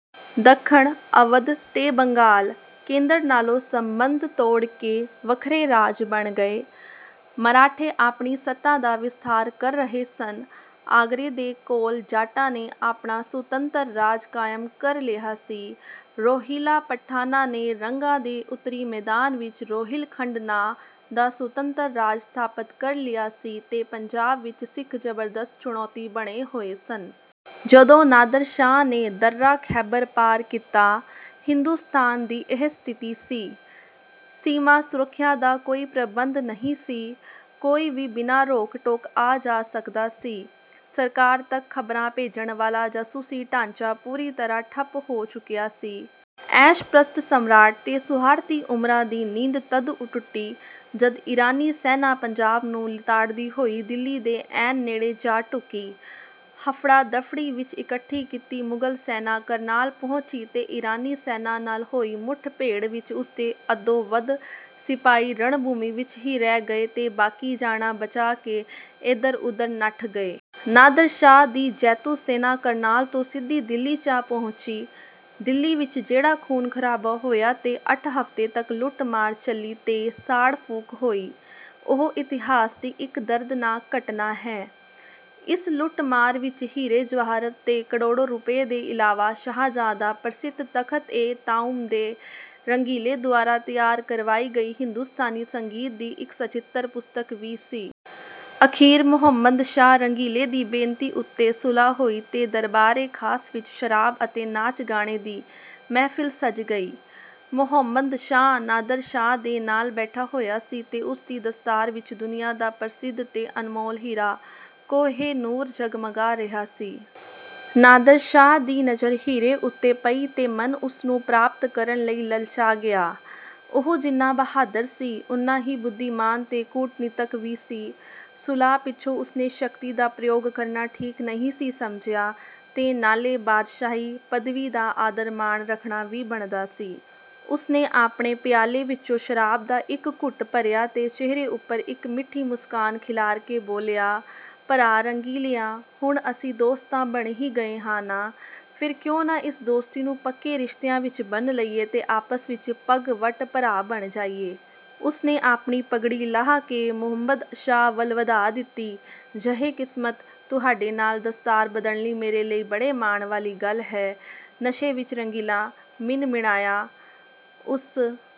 ਦੱਖਣ, ਅਵਧ ਤੇ ਬੰਗਾਲ, ਕੇਂਦਰ ਨਾਲੋਂ ਸੰਬੰਧ ਤੋੜ ਕੇ ਵੱਖਰੇ-ਰਾਜ ਬਣ ਗਏ। ਮਰਾਠੇ ਆਪਣੀ ਸੱਤਾ ਦਾ ਵਿਸਥਾਰ ਕਰ ਰਹੇ ਸਨ, ਆਗਰੇ ਦੇ ਕੋਲ ਜਾਟਾਂ ਨੇ ਆਪਣਾ ਸੁਤੰਤਰ-ਰਾਜ ਕਾਇਮ ਕਰ ਲਿਆ ਸੀ। ਰੋਹਿਲਾ ਪਠਾਨਾਂ ਨੇ ਗੰਗਾ ਦੇ ਉੱਤਰੀ ਮੈਦਾਨ ਵਿੱਚ ਰੋਹਿਲਖੰਡ ਨਾਂ ਦਾ ਸੁਤੰਤਰ-ਰਾਜ ਸਥਾਪਤ ਕਰ ਲਿਆ ਸੀ ਤੇ ਪੰਜਾਬ ਵਿੱਚ ਸਿੱਖ ਜ਼ਬਰਦਸਤ ਚੁਣੌਤੀ ਬਣੇ ਹੋਏ ਸਨ। ਜਦੋਂ ਨਾਦਰ ਸ਼ਾਹ ਨੇ ਦੱਰਾ ਖੈਬਰ ਪਾਰ ਕੀਤਾ, ਹਿੰਦੁਸਤਾਨ ਦੀ ਇਹ ਸਥਿਤੀ ਸੀ। ਸੀਮਾ-ਸੁਰੱਖਿਆ ਦਾ ਕੋਈ ਪ੍ਰਬੰਧ ਨਹੀਂ ਸੀ। ਕੋਈ ਵੀ ਬਿਨਾਂ ਰੋਕ-ਟੋਕ ਆ-ਜਾ ਸਕਦਾ ਸੀ। ਸਰਕਾਰ ਤੱਕ ਖਬਰਾਂ ਭੇਜਣ ਵਾਲਾ ਜਾਸੂਸੀ ਢਾਂਚਾ ਪੂਰੀ ਤਰ੍ਹਾਂ ਠੱਪ ਹੋ ਚੁੱਕਿਆ ਸੀ। ਐਸ਼-ਪ੍ਰਸਤ ਸਮਰਾਟ ਤੇ ਸੁਆਰਥੀ ਉਮਰਾ ਦੀ ਨੀਂਦ ਤਦ ਟੁੱਟੀ ਜਦ ਈਰਾਨੀ ਸੈਨਾ ਪੰਜਾਬ ਨੂੰ ਲਿਤਾੜਦੀ ਹੋਈ ਦਿੱਲੀ ਦੇ ਐਨ ਨੇੜੇ ਜਾ ਢੁੱਕੀ। ਹਫੜਾ-ਦਫੜੀ ਵਿੱਚ ਇਕੱਠੀ ਕੀਤੀ ਮੁਗਲ ਸੈਨਾ ਕਰਨਾਲ ਪਹੁੰਚੀ ਤੇ ਈਰਾਨੀ ਸੈਨਾ ਨਾਲ ਹੋਈ ਮੁੱਠ-ਭੇੜ ਵਿੱਚ ਉਸਦੇ ਅੱਧੋਂ ਵੱਧ ਸਿਪਾਹੀ ਰਣਭੂਮੀ ਵਿੱਚ ਹੀ ਰਹਿ ਗਏ ਤੇ ਬਾਕੀ ਜਾਨਾਂ ਬਚਾ ਕੇ ਏਧਰ-ਉਧਰ ਨੱਠ ਗਏ। ਨਾਦਰ ਸ਼ਾਹ ਦੀ ਜੇਤੂ ਸੈਨਾ ਕਰਨਾਲ ਤੋਂ ਸਿੱਧੀ ਦਿੱਲੀ ਜਾ ਪਹੁੰਚੀ। ਦਿੱਲੀ ਵਿੱਚ ਜਿਹੜਾ ਖੂਨ-ਖਰਾਬਾ ਹੋਇਆ ਤੇ ਅੱਠ ਹਫ਼ਤੇ ਤੱਕ ਲੁੱਟ-ਮਾਰ ਚੱਲੀ ਤੇ ਸਾੜ-ਫੂਕ ਹੋਈ, ਉਹ ਇਤਿਹਾਸ ਦੀ ਇੱਕ ਦਰਦਨਾਕ ਘਟਨਾ ਹੈ। ਇਸ ਲੁੱਟ-ਮਾਰ ਵਿੱਚ ਹੀਰੇ-ਜਵਾਹਰ ਤੇ ਕਰੋੜਾਂ ਰੁਪਏ ਦੇ ਇਲਾਵਾ ਸ਼ਾਹਜਹਾਂ ਦਾ ਪ੍ਰਸਿੱਧ ਤਖ਼ਤ-ਏ-ਤਾਊਸ ਤੇ ਰੰਗੀਲੇ ਦੁਆਰਾ ਤਿਆਰ ਕਰਵਾਈ ਗਈ ਹਿੰਦੁਸਤਾਨੀ ਸੰਗੀਤ ਦੀ ਇੱਕ ਸਚਿੱਤਰ ਪੁਸਤਕ ਵੀ ਸੀ। ਅਖੀਰ ਮੁਹੰਮਦ ਸ਼ਾਹ ਰੰਗੀਲੇ ਦੀ ਬੇਨਤੀ ਉੱਤੇ ਸੁਲ੍ਹਾ ਹੋਈ ਤੇ ਦਰਬਾਰ-ਏ-ਖਾਸ ਵਿੱਚ ਸ਼ਰਾਬ ਅਤੇ ਨਾਚ-ਗਾਣੇ ਦੀ ਮਹਿਫਲ ਸਜ ਗਈ। ਮੁਹੰਮਦ ਸ਼ਾਹ, ਨਾਦਰ ਸ਼ਾਹ ਦੇ ਨਾਲ ਬੈਠਾ ਹੋਇਆ ਸੀ ਤੇ ਉਸ ਦੀ ਦਸਤਾਰ ਵਿੱਚ ਦੁਨੀਆਂ ਦਾ ਪ੍ਰਸਿੱਧ ਤੇ ਅਣਮੋਲ ਹੀਰਾ 'ਕੋਹ-ਏ-ਨੂਰ' ਜਗਮਗਾ ਰਿਹਾ ਸੀ। ਨਾਦਰ ਸ਼ਾਹ ਦੀ ਨਜ਼ਰ ਹੀਰੇ ਉੱਤੇ ਪਈ ਤੇ ਮਨ ਉਸ ਨੂੰ ਪ੍ਰਾਪਤ ਕਰਨ ਲਈ ਲਲਚਾ ਗਿਆ। ਉਹ ਜਿੰਨਾ ਬਹਾਦਰ ਸੀ, ਉਨ੍ਹਾਂ ਹੀ ਬੁੱਧੀਮਾਨ ਤੇ ਕੂਟਨੀਤਕ ਵੀ ਸੀ। ਸੁਲ੍ਹਾ ਪਿੱਛੋਂ ਉਸਨੇ ਸ਼ਕਤੀ ਦਾ ਪ੍ਰਯੋਗ ਕਰਨਾ ਠੀਕ ਨਹੀਂ ਸੀ ਸਮਝਿਆ ਤੇ ਨਾਲੇ ਬਾਦਸ਼ਾਹੀ-ਪਦਵੀ ਦਾ ਆਦਰ-ਮਾਣ ਰੱਖਣਾ ਵੀ ਬਣਦਾ ਸੀ। ਉਸਨੇ ਆਪਣੇ ਪਿਆਲੇ ਵਿੱਚੋਂ ਸ਼ਰਾਬ ਦਾ ਇੱਕ ਘੁੱਟ ਭਰਿਆ ਤੇ ਚਿਹਰੇ ਉੱਪਰ ਇੱਕ ਮਿੱਠੀ ਮੁਸਕਾਨ ਖਿਲਾਰ ਕੇ ਬੋਲਿਆ, "ਭਰਾ ਰੰਗੀਲਿਆ, ਹੁਣ ਅਸੀਂ ਦੋਸਤ ਤਾਂ ਬਣ ਹੀ ਗਏ ਹਾਂ ਨਾ? ਫੇਰ ਕਿਉਂ ਨਾ ਇਸ ਦੋਸਤੀ ਨੂੰ ਪੱਕੇ ਰਿਸ਼ਤਿਆਂ ਵਿੱਚ ਬੰਨ੍ਹ ਲਈਏ ਤੇ ਆਪਸ ਵਿੱਚ ਪੱਗ-ਵੱਟ ਭਰਾ ਬਣ ਜਾਈਏ?" ਉਸਨੇ ਆਪਣੀ ਪਗੜੀ ਲਾਹ ਕੇ ਮੁਹੰਮਦ ਸ਼ਾਹ ਵੱਲ ਵਧਾ ਦਿੱਤੀ। "ਜਹੇ ਕਿਸਮਤ! ਤੁਹਾਡੇ ਨਾਲ ਦਸਤਾਰ ਬਦਲਣੀ ਮੇਰੇ ਲਈ ਬੜੇ ਮਾਣ ਵਾਲੀ ਗੱਲ ਹੈ।" ਨਸ਼ੇ ਵਿੱਚ ਰੰਗੀਲਾ ਮਿਨਮਿਣਾਇਆ। ਉਸ